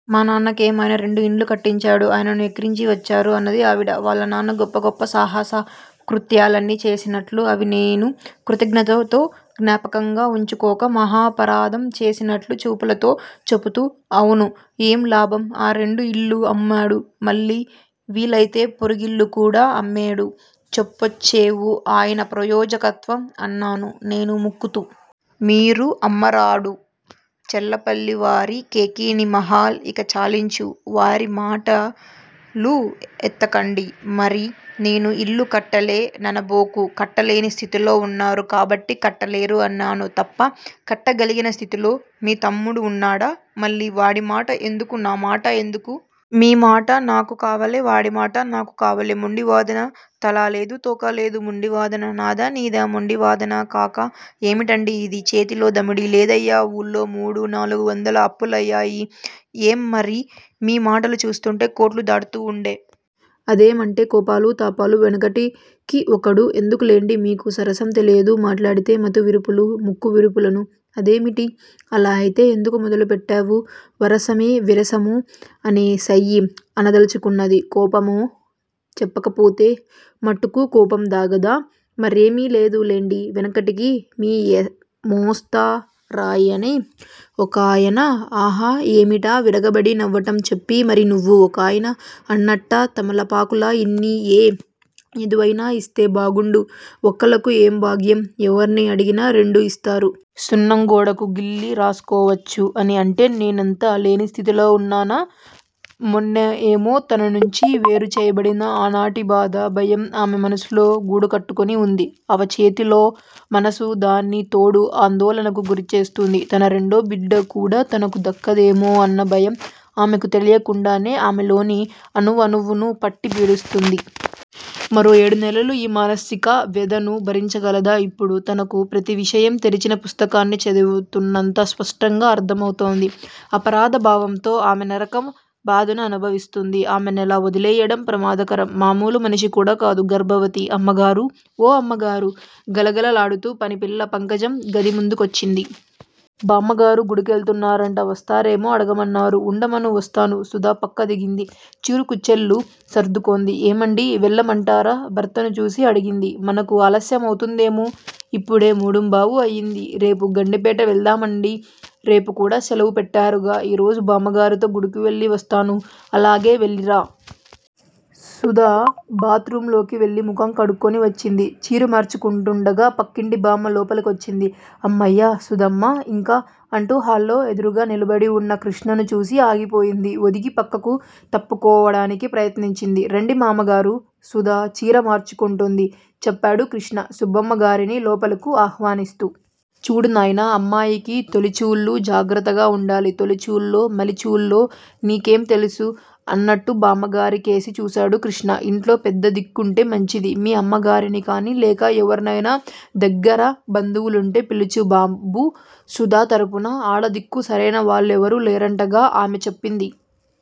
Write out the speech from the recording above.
మా నాన్న కేం, ఆయన రెండు ఇండ్లు కట్టించాడు. ఆయనను ఎక్కిరించివచ్చారు అన్నది ఆవిడ. వాళ్ళనాన్న గొప్ప గొప్ప సాహసకృత్యాలన్నీ చేసినట్లూ, అవి నేను కృతజ్ఞతతో జ్ఞాపకంగా ఉంచుకోక మహాపరాధం చేసినట్లూ, చూపులతో చెపుతూ. అవును. ఏం లాభం, ఆ రెండు ఇళ్ళూ అమ్మాడు మళ్ళీ వీలైతే పొరుగిల్లుకూడా అమ్మేడు, చెప్పొచ్చేవు ఆయన ప్రయోజకత్వం, అన్నాను నేను ముక్కుతూ. మీరు అమ్మరాడు చల్లపల్లి వారి కేకినీమహల్ ఇక చాలించు వారి మాటలు ఎత్తకండి, మరి నేను ఇల్లు కట్టలే ననబోకు కట్టలేని స్థితిలో ఉన్నారు కాబట్టి కట్టలేరు అన్నాను. తప్పా! కట్టగలిగిన స్థితిలో మీ తమ్ముడు ఉన్నాడా? మళ్ళీ వాడిమాట ఎందుకూ నామాట ఎందుకూ? మీమాట నాకు కావాలె వాడిమాట నాకూ కావాలె మొండివాదన, తలాలేదు, తోకా లేదూ! మొండి వాదన నాదా నీదా? మొండివాదన కాక ఏమటండీ ఇదీ? చేతిలో దమ్మిడీ లేదాయ్యా, ఊళ్ళో మూడు నాలుగు వందల అప్పులాయాయి, ఏమ్, మరి మీ మాటలు చూస్తుంటే కోట్లు దాటుతూ ఉండె. అదేమంటే కోపాలూ తాపాలూ, వెనకటికి ఒకడూ ఎందుకు లెండి, మీకు సరసం తెలియదు. మాట్లాడితే మాతివిరుపులూ ముక్కువిరుపులూనూ. అదేమిటి? అలా అయితే ఎందుకు మొదలు పెట్టావూ వరసమె విరసము అనే సెయ్యి. అనదలచుకున్నది. కోపమూ? చెప్పకపోతే మట్టుకు కోపందాగాదా? మరేమి లేదు లెండి వెనకటికి మీ మోస్త రాయనే ఒకాయన ఆహా__ఏమిటా విరగబడి నవ్వటం చెప్పి మరీ నవ్వు ఒకాయన అన్నాట్టా తమలపాకులా ఇన్ని ఏ వెధవైనా ఇస్తే బాగుండూ, వక్కలకు ఏం భాగ్యం ఎవర్ని అడిగినా, రెండు ఇస్తారు. సున్నం గోడకు గిల్లి రాసుకోవచ్చూ, అనీ అంటే నేనంత లేనిస్థితిలో ఉన్నానా! మొన్న ఏమో తననుంచి వేరుచేయబడిన ఆనాటి బాధ, భయం, ఆమె మనసులో గూడుకట్టుకొని వుంది. అవచేతిలో మనసు దాన్ని తోడు ఆందోళనకు గురిచేస్తూంది. తన రెండో బిడ్డకూడా తనకు దక్కదేమో అన్నభయం ఆమెకు తెలియకుండానే ఆమెలోని అణువణువునూ పట్టి పీడిస్తూంది. మరో ఏడునెలలు ఈ మానసిక వ్యధను భరించగలదా? ఇప్పుడు తనకు ప్రతివిషయం తెరిచిన పుస్తకాన్ని చదువుతున్నంత స్పష్టంగా అర్ధమౌతోంది. అపరాధ భావంతో ఆమె నరకం బాధను అనుభవిస్తూంది. ఆమెనలా వదిలెయ్యడం ప్రమాదకరం. మామూలు మనిషి కూడా కాదు__గర్భవతి- అమ్మగారూ! ఓ అమ్మగారూ! గలగలలాడుతూ పనిపిల్ల పంకజం గదిముందుకొచ్చింది. బామ్మగారు గుడికెళుతున్నారట? వస్తారేమో అడగమన్నారు. ఉండమను వస్తాను. సుధ పక్క దిగింది. చీరుకుచ్చెళ్ళు సర్దుకొంది. ఏమండీ వెళ్ళమంటారా? భర్తను చూసి అడిగింది. మనకు ఆలస్యమౌతుందేమో? ఇప్పుడే మూడుంబావు అయింది. రేపు గండిపేట వెళదామండీ! రేపుకూడా శెలవు పెట్టారుగా? ఈరోజు బామ్మగారితో గుడికెళ్ళి వస్తాను. అలాగే వెళ్ళిరా! సుధా బాత్ రూమ్ లోకి వెళ్ళి ముఖం కడుక్కొని వచ్చింది. చీరమార్చుకుంటూండగా పక్కింటి బామ్మ లోపలకొచ్చింది. అమ్మాయ__సుధమ్మా__ఇంకా అంటూ హాల్లో ఎదురుగా నిలబడి వున్న కృష్ణను చూసి ఆగిపోయింది. ఒదిగి పక్కకు తప్పుకోవడానికి ప్రయత్నించింది. రండి మామ్మగారూ! సుధ చీర మార్చుకుంటోంది చెప్పాడు కృష్ణ సుబ్బమ్మగారిని లోపలకు ఆహ్వానిస్తూ. చూడు నాయనా! అమ్మాయికి తొలిచూలు. జాగ్రత్తగ ఉండాలి. తొలిచూలో, మలిచూలో, నీకేం తెలుసు? అన్నట్టు బామ్మగారి కేసి చూశాడు కృష్ణ. ఇంట్లో పెద్ద దిక్కుంటే మంచిది. మీ అమ్మగారినికానీ, లేక ఎవరైనా దగ్గర బంధువులుంటే పిలిచు బాబూ. సుధ తరపున ఆడదిక్కు సరైనవాళ్ళెవరూ లేరటగా? ఆమే చెప్పింది.